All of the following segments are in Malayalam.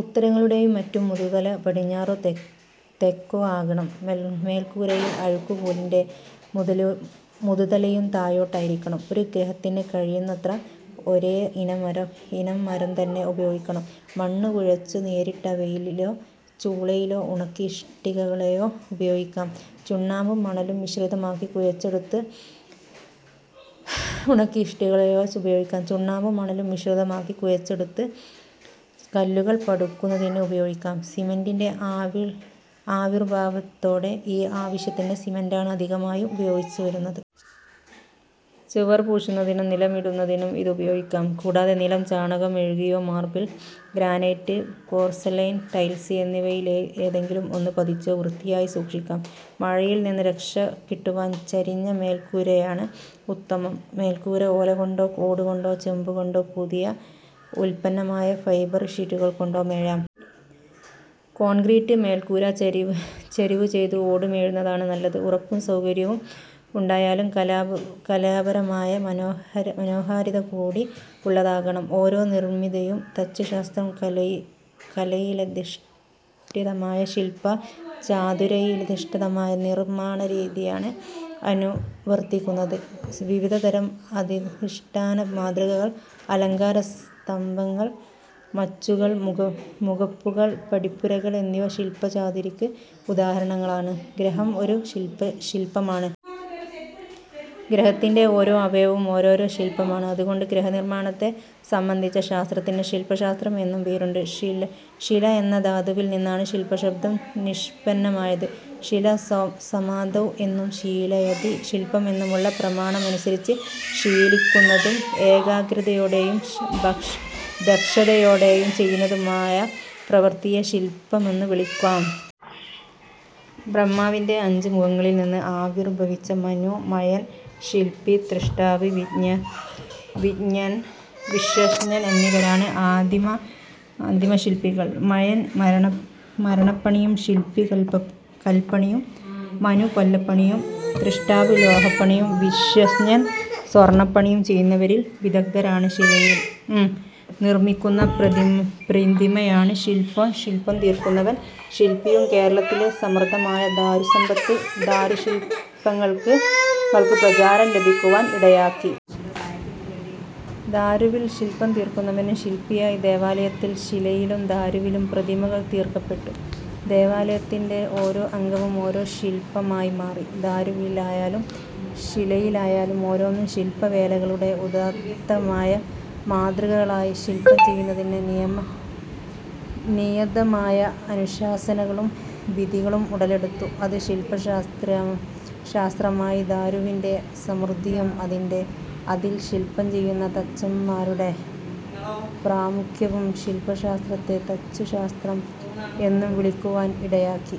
ഉത്തരങ്ങളുടേയും മറ്റും മുതുതല പടിഞ്ഞാറോ തെക്കോ ആകണം. മേൽക്കൂരയിൽ കഴുക്കോലിന്റെ മുതുതലയും താഴോട്ടായിരിക്കണം. ഒരു ഗൃഹത്തിന് കഴിയുന്നത്ര ഒരേ ഇനം മരംതന്നെ ഉപയോഗിക്കണം. മണ്ണു കുഴച്ച് നേരിട്ടോ, വെയിലിലോ ചൂളയിലോ ഉണക്കി ഇഷ്ടികകളായോ ഉപയോഗിക്കാം. ചുണ്ണാമ്പും മണലും മിശ്രിതമാക്കി കുഴച്ചെടുത്തത് കല്ലുകൾ പടുക്കുന്നതിന് ഉപയോഗിക്കാം. സിമന്റിന്റെ ആവിർഭാവത്തോടെ ഈ ആവശ്യത്തിന് സിമന്റാണ് അധികമായും ഉപയോഗിച്ചുവരുന്നത്. ചുവർ പൂശുന്നതിനും നിലമിടുന്നതിനും ഇത് ഉപയോഗിക്കാം. കൂടാതെ നിലം ചാണകം മെഴുകിയോ മാർബിൾ, ഗ്രാനൈറ്റ്, പോർസലൈൻ ടൈൽസ് എന്നിവയിലേതെങ്കിലും ഒന്ന് പതിച്ചോ വൃത്തിയായി സൂക്ഷിക്കാം. മഴയിൽനിന്നു രക്ഷ കിട്ടുവാൻ ചരിഞ്ഞ മേൽക്കൂരയാണ് ഉത്തമം. മേൽക്കൂര ഓലകൊണ്ടോ ഓടുകൊണ്ടോ ചെമ്പുകൊണ്ടോ പുതിയ ഉത്പന്നമായ ഫൈബർ ഷീറ്റുകൾ കൊണ്ടോ മേയാം. കോൺക്രീറ്റ് മേൽക്കൂര ചരിവു ചെയ്ത് ഓടു മേയുന്നതാണ് നല്ലത്. ഉറപ്പും സൗകര്യവും ഉണ്ടായാലും കലാപരമായ മനോഹാരിതകൂടി ഉള്ളതാകണം ഓരോ നിർമിതിയും. തച്ചുശാസ്ത്രം കലയിലധിഷ്ഠിതമായ ശില്പ ചാതുരിയിലധിഷ്ഠിതമായ-നിർമ്മാണരീതിയാണ് അനുവർത്തിക്കുന്നത്. വിവിധതരം അധിഷ്ഠാന മാതൃകകൾ, അലങ്കാര സ്തംഭങ്ങൾ, മച്ചുകൾ, മുഖപ്പുകൾ, പടിപ്പുരകൾ എന്നിവ ശില്പ ചാതുരിക്ക് ഉദാഹരണങ്ങളാണ്. ഗൃഹം ഒരു ശില്പമാണ്. ഗൃഹത്തിന്റെ ഓരോ അവയവവും ഓരോരോ ശില്പമാണ്. അതുകൊണ്ട് ഗൃഹനിർമ്മാണത്തെ സംബന്ധിച്ച ശാസ്ത്രത്തിന് ശില്പശാസ്ത്രം എന്നും പേരുണ്ട്. ശില എന്ന ധാതുവിൽ നിന്നാണ് ശില്പ ശബ്ദം നിഷ്പന്നമായത്. ശില സമാധൗ എന്നും ശീലയതി ശില്പം എന്നുമുള്ള പ്രമാണമനുസരിച്ച് ശീലിക്കുന്നതും ഏകാഗ്രതയോടെയും ദക്ഷതയോടെയും ചെയ്യുന്നതുമായ പ്രവൃത്തിയെ ശില്പമെന്നു വിളിക്കാം. ബ്രഹ്മാവിന്റെ അഞ്ച് മുഖങ്ങളിൽ നിന്ന് ആവിർഭവിച്ച മനു, മയൻ, ശില്പി, ത്വഷ്ടാവ്, വിശ്വജ്ഞൻ എന്നിവരാണ് ആദിമശില്പികൾ. മയൻ മരപ്പണിയും ശില്പി കല്പണിയും മനു കൊല്ലപ്പണിയും ത്വഷ്ടാവ് ലോഹപ്പണിയും വിശ്വജ്ഞൻ സ്വർണപ്പണിയും ചെയ്യുന്നവരിൽ വിദഗ്ദ്ധരാണ്. ശിലയിൽ നിർമ്മിക്കുന്ന പ്രതിമയാണ് ശില്പം. ശില്പം തീർക്കുന്നവൻ ശില്പിയും. കേരളത്തിലെ സമൃദ്ധമായ ദാരുസമ്പത്ത് ദാരുശില്പങ്ങൾക്കു പ്രചാരം ലഭിക്കുവാൻ ഇടയാക്കി. ദാരുവിൽ ശില്പം തീർക്കുന്നവനും ശില്പിയായി. ദേവാലയത്തിൽ ശിലയിലും ദാരുവിലും പ്രതിമകൾ തീർക്കപ്പെട്ടു. ദേവാലയത്തിന്റെ ഓരോ അംഗവും ഓരോ ശില്പമായി മാറി. ദാരുവിലായാലും ശിലയിലായാലും ഓരോന്നും ശില്പ വേലകളുടെ ഉദാത്തമായ മാതൃകകളായി. ശില്പം ചെയ്യുന്നതിന് നിയതമായ അനുശാസനകളും വിധികളും ഉടലെടുത്തു. അത് ശില്പശാസ്ത്രമായി. ദാരുവിന്റെ സമൃദ്ധിയും അതിൽ ശില്പം ചെയ്യുന്ന തച്ചന്മാരുടെ പ്രാമുഖ്യവും ശില്പശാസ്ത്രത്തെ തച്ചുശാസ്ത്രം എന്നും വിളിക്കുവാൻ ഇടയാക്കി.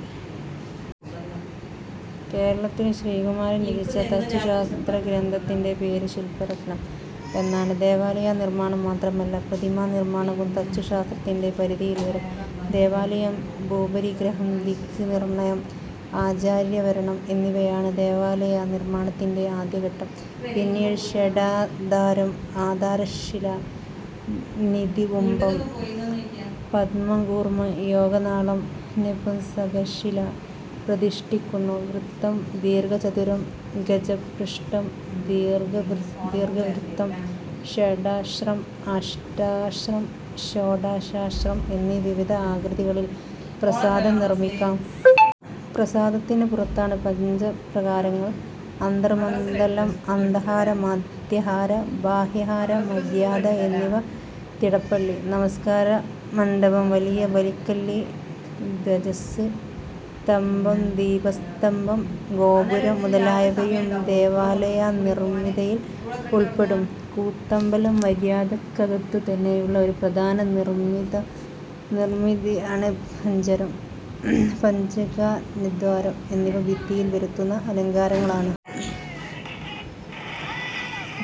കേരളത്തിൽ ശ്രീകുമാരൻ രചിച്ച തച്ചുശാസ്ത്രഗ്രന്ഥത്തിന്റെ പേര് ശില്പരത്നം എന്നാണ്. ദേവാലയ നിർമ്മാണം മാത്രമല്ല, പ്രതിമാ നിർമ്മാണവും തച്ചുശാസ്ത്രത്തിന്റെ പരിധിയിൽ വരും. ദേവാലയം. ഭൂപരിഗ്രഹം, ദിക്നിർണയം, ആചാര്യവരണം എന്നിവയാണ് ദേവാലയ നിർമ്മാണത്തിന്റെ ആദ്യഘട്ടം. പിന്നീട് ഷഡാധാരം ആധാരശില, നിധികുംഭം, പദ്മം, കൂർമം, യോഗനാളം, നപുംസകശില പ്രതിഷ്ഠിക്കുന്നു. വൃത്തം, ദീർഘചതുരം, ഗജപൃഷ്ഠം, ദീർഘവൃത്തം, ഷഡശ്രം, അഷ്ടാശ്രം, ഷോഡശാശ്രം എന്നീ വിവിധ ആകൃതികളിൽ പ്രാസാദം നിർമ്മിക്കാം. പ്രാസാദത്തിനു പുറത്താണ് പഞ്ചപ്രാകാരങ്ങൾ അന്തർമണ്ഡലം, അന്തഹാര, മധ്യഹാര, ബാഹ്യഹാര, മര്യാദ എന്നിവ. തിടപ്പള്ളി, നമസ്കാരമണ്ഡപം, വലിയ ബലിക്കല്ല്, ധ്വജസ് തംഭം, ദീപസ്തംഭം, ഗോപുരം മുതലായവയും ദേവാലയ നിർമിതിയിൽ ഉൾപ്പെടും. കൂത്തമ്പലം മര്യാദയ്ക്കകത്തു തന്നെയുള്ള ഒരു പ്രധാന നിർമിതിയാണ്. പഞ്ജരം, ഘനദ്വാരം എന്നിവ ഭിത്തിയിൽ വരുത്തുന്ന അലങ്കാരങ്ങളാണ്.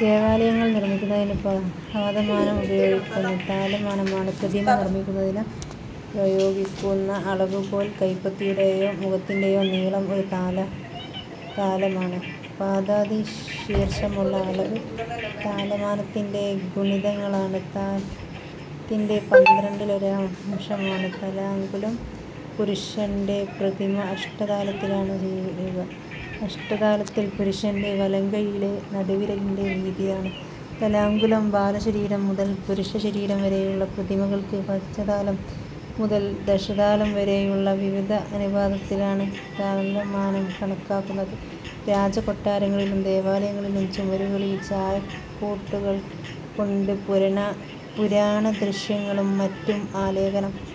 ദേവാലയങ്ങൾ നിർമ്മിക്കുന്നതിന് പാദമാനം ഉപയോഗിക്കുന്നു. താലമാനമാണ് പ്രതിമ നിർമ്മിക്കുന്നതിനുപയോഗിക്കുന്ന അളവുകോൽ. കൈപ്പത്തിയുടേയോ മുഖത്തിന്റേയോ നീളം ഒരു താലമാണ്. പാദാദി ശീർഷമുള്ള അളവ് താലമാനത്തിന്റെ ഗുണിതങ്ങളാണ്. താലത്തിന്റെ പന്ത്രണ്ടിലൊരംശമാണ് താലാംഗുലം. പുരുഷന്റെ പ്രതിമ അഷ്ടതാലത്തിലാണ് ചെയ്യുക. അഷ്ടതാലത്തിൽ പുരുഷന്റെ വലംകൈയിലെ നടുവിരലിന്റെ വീതിയാണ് താലാംഗുലം. ബാലശരീരം മുതൽ പുരുഷശരീരം വരെയുള്ള പ്രതിമകൾക്ക് പഞ്ചതാലം മുതൽ ദശതാലം വരെയുള്ള വിവിധ അനുപാതത്തിലാണ് താലമാനം കണക്കാക്കുന്നത്. രാജകൊട്ടാരങ്ങളിലും ദേവാലയങ്ങളിലും ചുമരുകളിൽ ചായക്കൂട്ടുകൾ കൊണ്ട് പുരാണദൃശ്യങ്ങളും മറ്റും ആലേഖനം